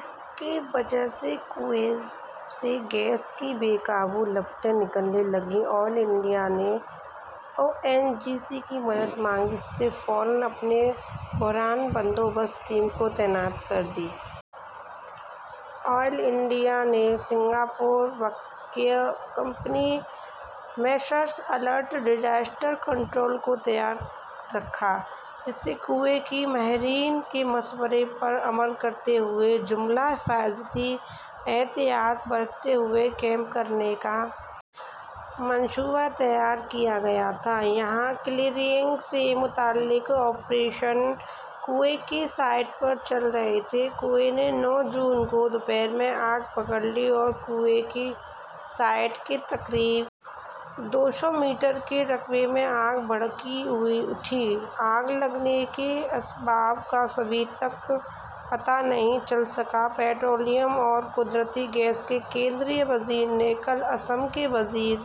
اس کی وجہ سے کنوئیں سے گیس کی بے قابو لپٹیں نکلنے لگیں آئل انڈیا نے او این جی سی سے مدد مانگی جس نے فوراً اپنی بحران بندوبست ٹیم تعینات کر دی آئل انڈیا نے سنگاپور واقع company Messrs alert disaster control کو بھی تیار رکھا اس کنوئیں کو ماہرین کے مشورے پر عمل کرتے ہوئے اور جملہ حفاظتی احتیاط برتتے ہوئے کیپ کرنے کا منصوبہ تیار کیا گیا تھا جہاں کلیئرنگ سے متعلق آپریشن کنوئیں کی سائٹ پر چل رہے تھے کنوئیں نے نو جون کو دوپہر میں آگ پکڑ لی اور کنوئیں کی سائٹ سے تقریباً دو سو میٹر کے رقبے میں آگ بھڑک اٹھی آگ لگنے کے اسباب کا ابھی تک پتہ نہیں چل سکا ہے پیٹرولیم اور قدرتی گیس کے مرکزی وزیر نے کل آسام کے وزیر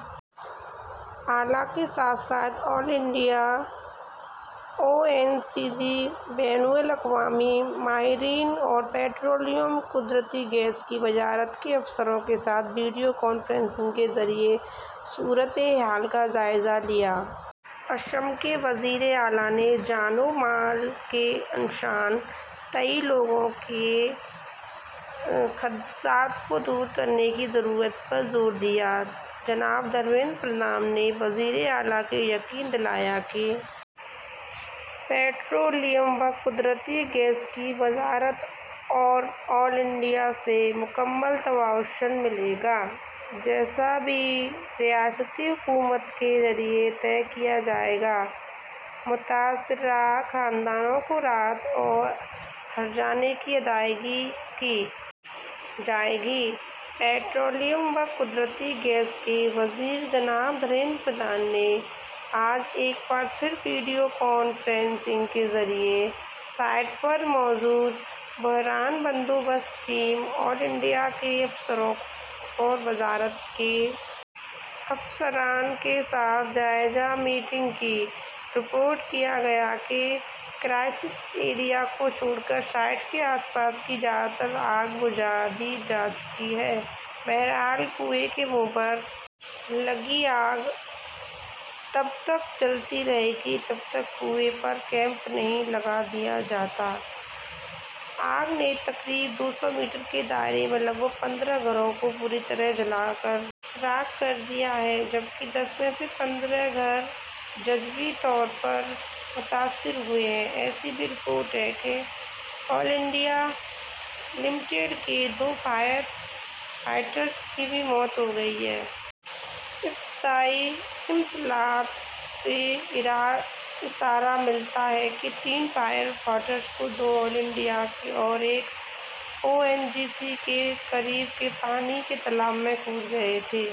اعلیٰ کے ساتھ ساتھ oil India O N G C بین الاقوامی ماہرین اور پیٹرولیم و قدرتی گیس کی وزارت کے افسروں کے ساتھ ویڈیو کانفرنسنگ کے ذریعے صورت حال کا جائزہ لیا آسام کے وزیر اعلیٰ نے جان و مال کے نقصان کے تئیں لوگوں کے خدشات کو دور کرنے کی ضرورت پر زور دیا جناب دھرمیندر پردھان نے وزیر اعلیٰ کو یقین دلایا کہ پیٹرولیم و قدرتی گیس کی وزارت اور آئل انڈیا سے مکمل تعاون ملے گا جیسا بھی ریاستی حکومت کے ذریعے طے کیا جائے گا متاثرہ کنبوں کو راحت اور ہرجانے کی ادائیگی کی جائے گی پیٹرولیم و قدرتی گیس کے وزیر جناب دھرمیندر پردھان نے آج ایک بار پھر ویڈیو کانفرنسنگ کے ذریعے سائٹ پر واقع بحران بندوبست ٹیم آئل انڈیا کے افسروں اور وزارت کے افسران کے ساتھ جائزہ میٹنگ کی رپورٹ کیا گیا ہے کہ کرسی ایریا کو چھوڑ کر سائٹ کے آس پاس کی زیادہ تر آگ بجھائی جا چکی ہے بہرحال کنوئیں کے منہ پر لگی آگ تب تک جلتی رہے گی جب تک کنوئیں پر کیپ نہیں لگا دیا جاتا آگ نے تقریباً دو سو میٹر کے دائرے میں تقریباً پندرہ گھروں کو پوری طرح جلا کر راکھ کر دیا ہے جبکہ دس سے پندرہ گھر جزوی طور پر متاثر ہوئے ہیں ایسی بھی رپورٹ ہے کہ آئل انڈیا لمیٹڈ کے دو فائر فائٹرز کی بھی موت ہو گئی ہے ابتدائی اطلاعات سے اشارہ ملتا ہے کہ تین فائر فائٹرز دو آئل انڈیا کے اور ایک او این جی سی کے قریب کے پانی کے تالاب میں کود گئے تھے